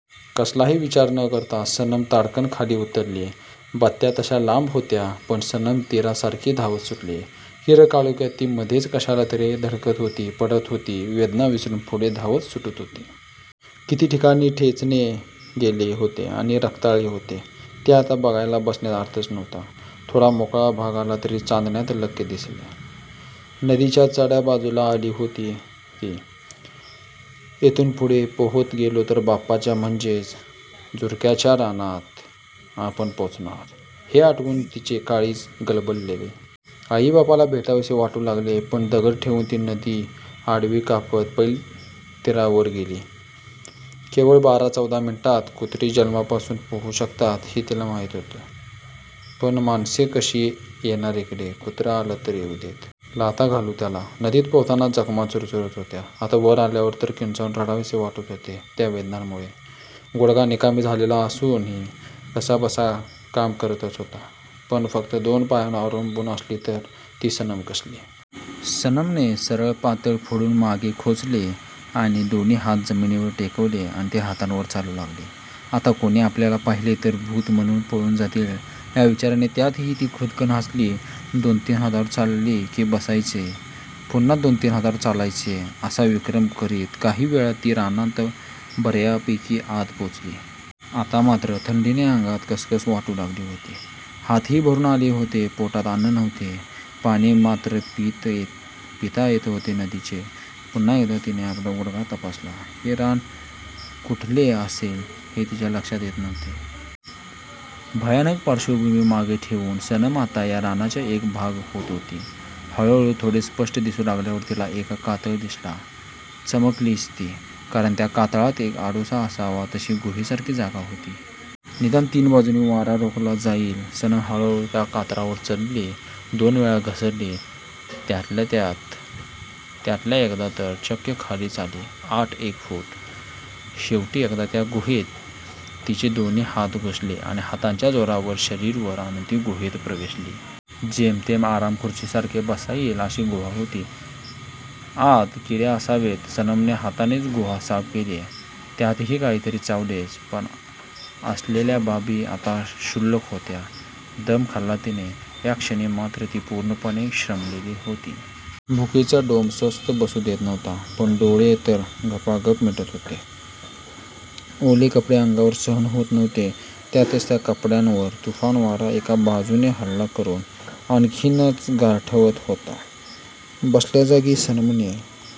कसलाही विचार न करता सनम ताडकन खाली उतरली. बत्त्या तश्या लांब होत्या. पण सनम तीरासारखी धावत सुटली. किर्र काळोखात ती मधेच कशाला तरी धडकत होती, पडत होती, वेदना विसरून पुढे धावत सुटत होती. किती ठिकाणी ठेचले गेले होते आणि रक्ताळले होते ते आत्ता बघत बसण्यात अर्थच नव्हता. थोडा मोकळा भाग आला आणि चांदण्यात लख्ख दिसले. नदीच्या चढ्या बाजूला आली होती ती. येथून पुढे पोहत गेलो तर बापाच्या म्हणजे झुर्क्याच्या रानात आपण पोचणार हे आठवून तिचे काळीज गलबलले. आई बापाला भेटावेसे वाटू लागले. पण दगड ठेवून ती नदी आडवी कापत पैलतीरावर गेली. केवळ बारा चौदा मिनिटांत! कुत्री जन्मापासून पोहू शकतात हे तिला माहीत होते. पण माणसे कशी येणार इकडे? कुत्रं आलं तर येऊदेत! लाथा घालू त्याला. नदीत पोहताना जखमा चुरचुरत होत्या. आता वर आल्यावर तर किंचाळून रडावेसे वाटत होते त्या वेदनांमुळे! गुडघा निकामी झालेला असूनही कसाबसा काम करतच होता. पण फक्त दोन पायांवर अवलंबून असली तर ती सनम कसली? सनमने सरळ पातळ पुढून मागे खोचले आणि दोन्ही हात जमीनीवर टेकवून ती हातांवर चालू लागली. आत्ता कोणी आपल्याला पाहिले तर भूत म्हणून पळून जातील या विचाराने त्यातही ती खुदकन हासली. दोन तीन हात चालले की बसायचे, पुन्हा दोन तीन हात चालायचे असा विक्रम करत काही वेळात ती रानात बर्यापैकी आत पोचली. आता मात्र थंडीने अंगात कसकस वाटू लागली होती. हातही भरून आलेले होते. पोटात अन्न नव्हते. पाणी मात्र पिता येत होते नदीचे. पुन्हा एकदा तिने आपला गुडघा तपासला. हे रान कुठले असेल हे तिच्या लक्षात येत नव्हते. भयानक पार्श्वभूमी मागे ठेवून सनम आता या रानाचा एक भाग होत होती. हळूहळू थोडे स्पष्ट दिसू लागल्यावर तिला एक कातळ दिसला. चमकलीच ती! कारण त्या कातळात एक आडोसा असावा तशी गुहेसारखी जागा होती. निदान तीन बाजूंनी वारा रोखला जाईल. सनम हळूहळू त्या कातळावर चढली. दोन वेळा घसरली. त्यातल्या एकदा तर चक्क खालीच आली आठ एक फूट! शेवटी एकदा त्या गुहेत तिचे दोन्ही हात घुसले आणि हातांच्या जोरावर शरीर वर आणून ती गुहेत प्रवेशली. जेमतेम आरामखुर्चीसारखे बसता येईल अशी गुहा होती. आत किडे असावेत. सनमके हातानेच गुहा साफ केली. त्यातही काहीतरी चावलेच. पण असल्या बाबी आता क्षुल्लक होत्या. दम खाल्ला तिने! या क्षणी मात्र ती पूर्णपणे श्रमलेली होती. भूकेचा डोंब स्वस्थ बसू देत नव्हता. पण डोळे तर गपागप मिटत होते. ओले कपडे अंगावर सहन होत नव्हते. त्यातच त्या कपड्यांवर तुफान वारा एका बाजूने हल्ला करून आणखीनच गारठवत होता. बसल्या जागी सनमने